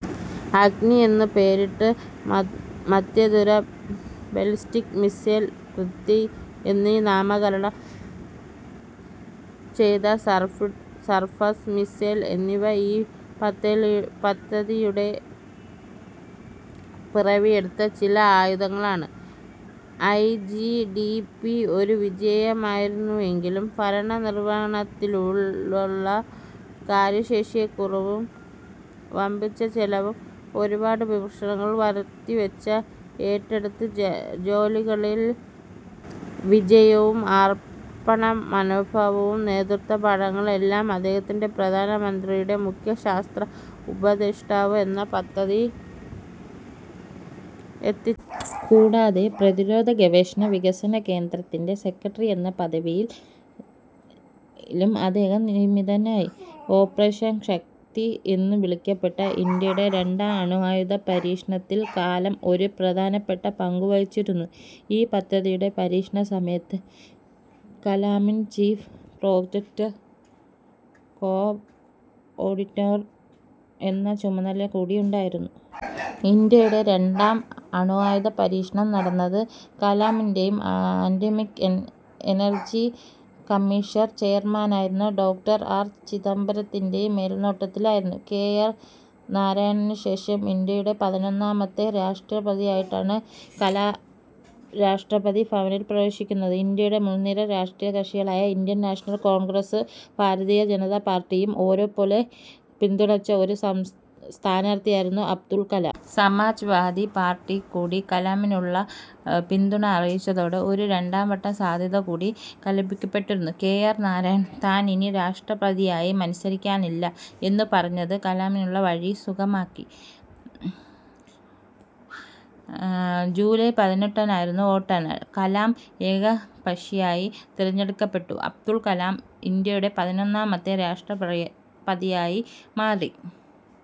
അഗ്നി എന്നു പേരിട്ട മധ്യദൂര ബാലിസ്റ്റിക് മിസൈൽ, പൃഥി എന്നു നാമകരണം ചെയ്ത സർഫസ്-ടു-സർഫസ് മിസൈൽ എന്നിവ ഈ പദ്ധതിയിലൂടെ പിറവിയെടുത്ത ചില ആയുധങ്ങളാണ്. ഐ. ജി. ഡി. പി ഒരു വിജയമായിരുന്നു എങ്കിലും, ഭരണനിർവ്വഹണത്തിലുള്ള കാര്യശേഷിക്കുറവും, വമ്പിച്ച ചെലവും ഒരുപാട് വിമർശനങ്ങൾ വരുത്തിവെച്ചു. ഏറ്റെടുത്ത ജോലികളിലെ വിജയവും അർപ്പണമനോഭാവവും നേതൃത്വപാടവവും എല്ലാം അദ്ദേഹത്തെ പ്രധാനമന്ത്രിയുടെ മുഖ്യ ശാസ്ത്ര ഉപദേഷ്ടാവ് എന്ന പദവിയിൽ എത്തിച്ചു. കൂടാതെ പ്രതിരോധ ഗവേഷണ വികസന കേന്ദ്രത്തിന്റെ സെക്രട്ടറി എന്ന പദവിയിലും അദ്ദേഹം നിയമിതനായി. ഓപ്പറേഷൻ ശക്തി എന്നു വിളിക്കപ്പെട്ട ഇന്ത്യയുടെ രണ്ടാം അണ്വായുധ പരീക്ഷണത്തിൽ കലാം ഒരു പ്രധാനപ്പെട്ട പങ്കു വഹിച്ചിരുന്നു. ഈ പദ്ധതിയുടെ പരീക്ഷണസമയത്ത് കലാമിന് ചീഫ് പ്രൊജക്ട് കോ-ഓർഡിനേറ്റർ എന്ന ചുമതല കൂടിയുണ്ടായിരുന്നു. ഇന്ത്യയുടെ രണ്ടാം അണ്വായുധ പരീക്ഷണം നടന്നത് കലാമിന്റേയും അറ്റോമിക് എനർജി കമ്മീഷൻ ചെയർമാനായിരുന്ന ഡോക്ടർ. ആർ. ചിദംബരത്തിന്റേയും മേൽനോട്ടത്തിലായിരുന്നു. കെ. ആർ. നാരായണനുശേഷം ഇന്ത്യയുടെ പതിനൊന്നാമത്തെ രാഷ്ട്രപതിയായിട്ടാണ് കലാം രാഷ്ട്രപതി ഭവനിൽ പ്രവേശിക്കുന്നത്. ഇന്ത്യയുടെ മുൻനിര രാഷ്ട്രീയകക്ഷികളായ ഇന്ത്യൻ നാഷണൽ കോൺഗ്രസ്സും ഭാരതീയ ജനതാ പാർട്ടിയും ഒരേ പോലെ പിന്തുണച്ച ഒരു സ്ഥാനാർത്ഥിയായിരുന്നു അബ്ദുൾ കലാം. സമാജ് വാദി പാർട്ടി കൂടി കലാമിനുള്ള പിന്തുണ അറിയിച്ചതോടെ ഒരു രണ്ടാംവട്ടം സാധ്യത കൂടി കല്പിക്കപ്പെട്ടിരുന്ന കെ. ആർ. നാരായണൻ താൻ ഇനി രാഷ്ട്രപതിയായി മത്സരിക്കാനില്ല എന്നു പറഞ്ഞ് കലാമിനുള്ള വഴി സുഗമമാക്കി. ജൂലൈ പതിനെട്ടിനായിരുന്നു വോട്ടെണ്ണൽ. കലാം ഏകപക്ഷീയമായി തിരഞ്ഞെടുക്കപ്പെട്ടു. അബ്ദുൾ കലാം ഇന്ത്യയുടെ പതിനൊന്നാമത്തെ രാഷ്ട്രപതിയായി മാറി.